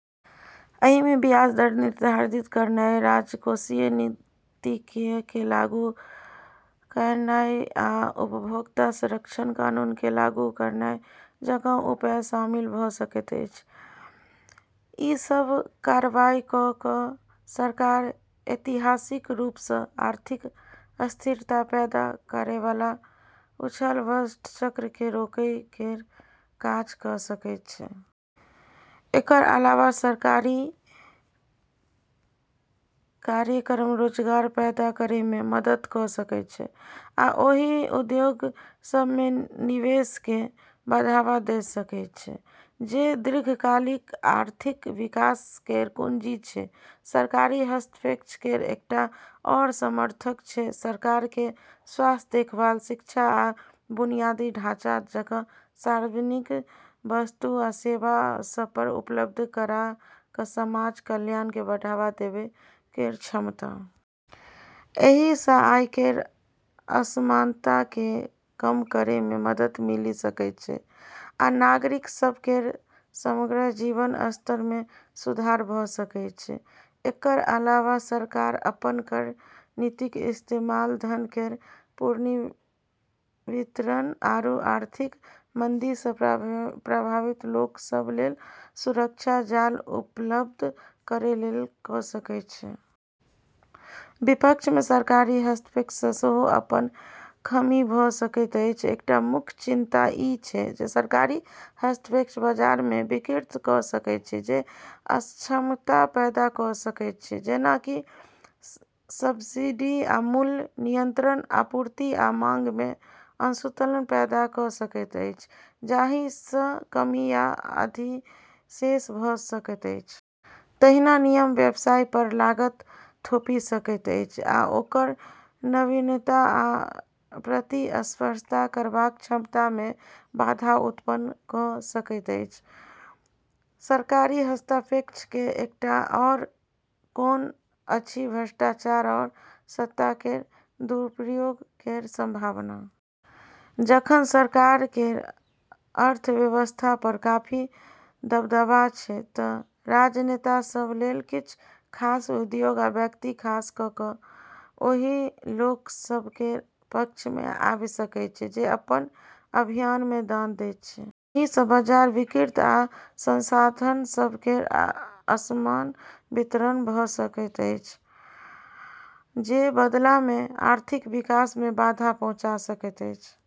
एहिमे ब्याज दर निर्धारित कयनाय, राजकोषीय नीतियक केँ लागू कयनाय, आ उपभोक्ता-संरक्षण कानून केँ लागू कयनाय जकाँ उपाय शामिल भऽ सकैत छै। ई सब कार्रवाई कऽ कऽ सरकार ऐतिहासिक रूप सँ आर्थिक अस्थिरता पैदा करयवला उछाल-बस्ट चक्र केँ रोकै केर काज कऽ सकैत छै। एकर अलावा सरकारी कार्यक्रम रोजगार पैदा करै मे मदद कऽ सकैत छै आ ओहि उद्योग सभ मे निवेश केँ बढ़ावा दऽ सकैत छै जे दीर्घकालिक आर्थिक विकास केर कुंजी छै। सरकारी हस्तक्षेप केर एकटा आओर समर्थक छै सरकार केर स्वास्थ्य देखभाल, शिक्षा, आ बुनियादी ढाँचा जकाँ सार्वजनिक वस्तु आ सेवा सभ उपलब्ध करा कऽ समाज कल्याण केँ बढ़ावा देबै केर क्षमता। एहि सँ आय केर असमानता केँ कम करै मे मदद मिलि सकैत छै आ नागरिक सभ केर समग्र जीवन स्तर मे सुधार भऽ सकैत छै। एकर अलावा सरकार अपन कर नीतिक इस्तेमाल धन केर पुनर्वितरण आरू आर्थिक मंदी सँ प्रभावित लोक सभ लेल सुरक्षा जाल उपलब्ध करै लेल कऽ सकैत छै। विपक्ष मे सरकारी हस्तक्षेप मे सेहो अपन खामी भऽ सकैत अछि। एकटा मुख्य चिंता ई छै जे सरकारी हस्तक्षेप बाजार केँ विकृत कऽ सकैत छै आ अक्षमता पैदा कऽ सकैत छै। जेना कि सब्सिडी आ मूल्य नियंत्रण आपूर्ति आ मांग मे असंतुलन पैदा कऽ सकैत अछि, जाहि सँ कमी या अधिशेष भऽ सकैत अछि। तहिना नियम व्यवसाय पर लागत थोपि सकैत अछि आ ओकर नवीनता आ प्रतिस्पर्धा करबाक क्षमता मे बाधा उत्पन्न कऽ सकैत अछि। सरकारी हस्तक्षेप केर एकटा आओर कॉन अछि भ्रष्टाचार आओर सत्ता केर दुरुपयोग केर संभावना। जखन सरकार केर अर्थव्यवस्था पर काफी दबदबा छै तँ राजनेता सभ लेल किछु खास उद्योग या व्यक्ति खास कऽ कऽ ओहि लोक सभ केर पक्ष मे आबि सकैत छै जे अपन अभियान मे दान दैत छै। एहि सँ बाजार विकृत आ संसाधन सभ केर असमान वितरण भऽ सकैत अछि, जे बदला मे आर्थिक विकास मे बाधा पहुँचा सकैत अछि।